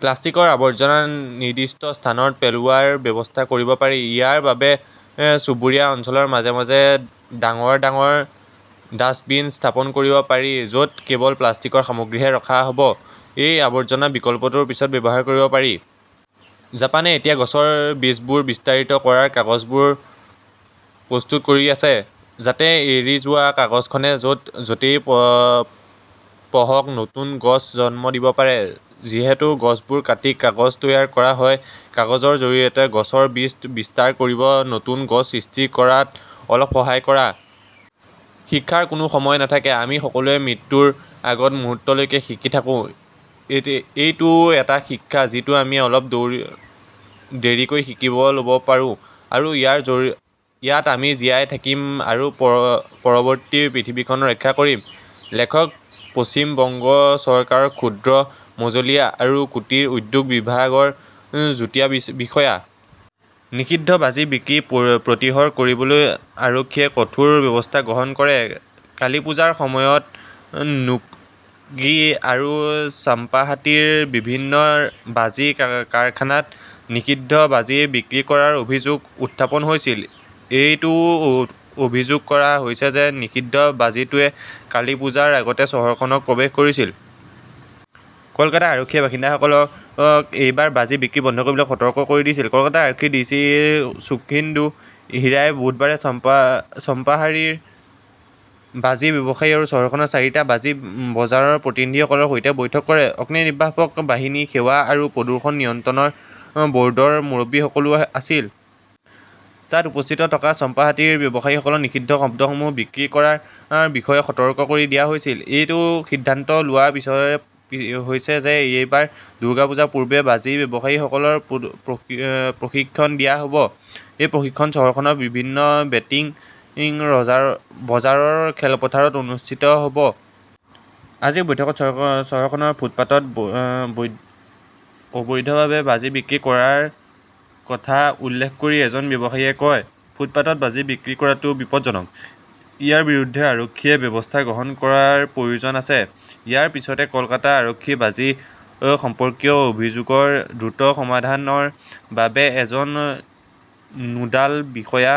প্লাষ্টিকৰ আৱৰ্জনা নিৰ্দিষ্ট স্থানত পেলোৱাৰ ব্যৱস্থা কৰিব পাৰি। ইয়াৰ বাবে চুবুৰীয়া অঞ্চলৰ মাজে-মাজে ডাঙৰ - ডাঙৰ ডাস্টবিন স্থাপন কৰিব পাৰি য'ত কেৱল প্লাষ্টিকৰ সামগ্ৰীহে ৰখা হ'ব। এই আৱৰ্জনা বিকল্পটো পিছত ব্যৱহাৰ কৰিব পাৰি। জাপানে এতিয়া গছৰ বীজবোৰ বিস্তাৰিত কৰা কাগজবোৰ প্ৰস্তুত কৰি আছে। যাতে এৰি যোৱা কাগজখনে য 'তেই পঢ়ক নতুন গছ জন্ম দিব পাৰে। যিহেতু গছবোৰ কাটি কাগজ তৈয়াৰ কৰা হয়, কাগজৰ জৰিয়তে গছৰ বীজ বিস্তাৰ কৰি নতুন গছ সৃষ্টি কৰাত অলপ সহায় কৰা। শিক্ষাৰ কোনো সময় নাথাকে, আমি সকলোৱে মৃত্যুৰ আগৰ মুহূৰ্তলৈকে শিকি থাকো। এইটোও এটা শিক্ষা যিটো আমি অলপ দেৰিকৈ শিকি ল'ব পাৰো আৰু ইয়াত আমি জীয়াই থাকিম আৰু পৰৱৰ্তী পৃথিৱীখনক ৰক্ষা কৰিম। লেখক পশ্চিম বংগ চৰকাৰৰ ক্ষুদ্ৰ, মজলীয়া আৰু কুটীৰ উদ্যোগ বিভাগৰ যুটীয়া বিষয়া। নিষিদ্ধ বাজি বিক্ৰী প্ৰতিহত কৰিবলৈ আৰক্ষীয়ে কঠোৰ ব্যৱস্থা গ্ৰহণ কৰে কালিপূজাৰ সময়ত নুঙ্গি আৰু চম্পাহাটিৰ বিভিন্ন বাজি কাৰখানাত নিষিদ্ধ বাজি বিক্ৰী কৰাৰ অভিযোগ উত্থাপন হৈছিল। এইটোও অভিযোগ কৰা হৈছে যে নিষিদ্ধ বাজিটোৱে কালিপুজাৰ আগতে চহৰখনত প্ৰৱেশ কৰিছিল। কলকাতা আৰক্ষীয়ে ব্যৱসায়ীসকলক এইবাৰ বাজি বিক্ৰী বন্ধ কৰিবলৈ সতৰ্ক কৰি দিছে। কলকাতা আৰক্ষীৰ ডিচি সুখীন্দু হিৰাই বুধবাৰে চম্পাহাটিৰ বাজি ব্যৱসায়ী আৰু চহৰখনৰ চাৰিটা বাজি বজাৰৰ প্ৰতিনিধিসকলৰ সৈতে বৈঠক কৰে। অগ্নিনিৰ্বাপক বাহিনী, সেনা আৰু প্ৰদূষণ নিয়ন্ত্ৰণ বৰ্ডৰ মুৰব্বীসকলও আছিল। তাত উপস্থিত থকা চম্পাহাটিৰ ব্যৱসায়ীসকলক নিষিদ্ধ শব্দসমূহ বিক্ৰী কৰাৰ বিষয়ে সতৰ্ক কৰি দিয়া হৈছিল। এইটো সিদ্ধান্ত লোৱা হৈছে যে এইবাৰ দুৰ্গা পূজাৰ পূৰ্বে বাজি ব্যৱহাৰকাৰীসকলক প্ৰশিক্ষণ দিয়া হ'ব। এই প্ৰশিক্ষণ চহৰখনৰ বিভিন্ন বেটিং বজাৰৰ খেলপথাৰত অনুষ্ঠিত হ'ব। আজিৰ বৈঠকত চহৰখনৰ ফুটপাতত অবৈধভাৱে বাজি বিক্ৰী কৰাৰ কথা উল্লেখ কৰি এজন ব্যৱসায়ীয়ে কয়, ফুটপাতত বাজি বিক্ৰী কৰাটো বিপজ্জনক। ইয়াৰ বিৰুদ্ধে আৰক্ষীয়ে ব্যৱস্থা গ্ৰহণ কৰাৰ প্ৰয়োজন আছে। ইয়াৰ পিছতে কলকাতা আৰক্ষীয়ে বাজি সম্পৰ্কীয় অভিযোগৰ দ্ৰুত সমাধানৰ বাবে এজন নোডাল বিষয়া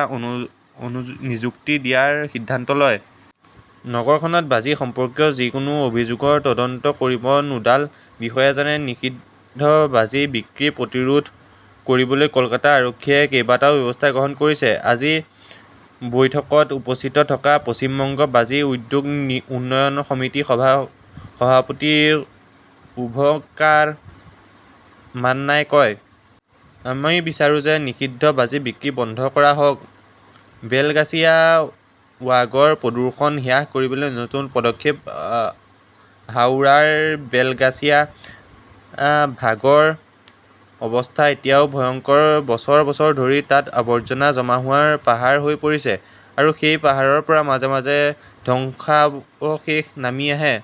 নিযুক্তি দিয়াৰ সিদ্ধান্ত লয়। নগৰখনত বাজি সম্পৰ্কীয় যিকোনো অভিযোগৰ তদন্ত কৰিব নোডাল বিষয়াজনে। নিষিদ্ধ বাজি বিক্ৰী প্ৰতিৰোধ কৰিবলৈ কলকাতা আৰক্ষীয়ে কেইবাটাও ব্যৱস্থা গ্ৰহণ কৰিছে, আজি বৈঠকত উপস্থিত থকা পশ্চিম বংগ বাজি উদ্যোগ উন্নয়ন সমিতিৰ সভাপতি শুভঙ্কাৰ মাননাই কয়। আমি বিচাৰো যে নিষিদ্ধ বাজি বিক্ৰী বন্ধ কৰা হওক। বেলগাছিয়া ৱাগৰ প্ৰদূষণ হ্ৰাস কৰিবলৈ নতুন পদক্ষেপ হাওৰাৰ বেলগাছিয়া ভাগড়ৰ অৱস্থা এতিয়া ভয়ংকৰ বছৰ - বছৰ ধৰি তাত আৱৰ্জনা জমা হোৱা পাহাৰ হৈ পৰিছে। আৰু সেই পাহাৰৰ পৰা মাজে মাজে ধ্বংসাৱশেষ নামি আহে।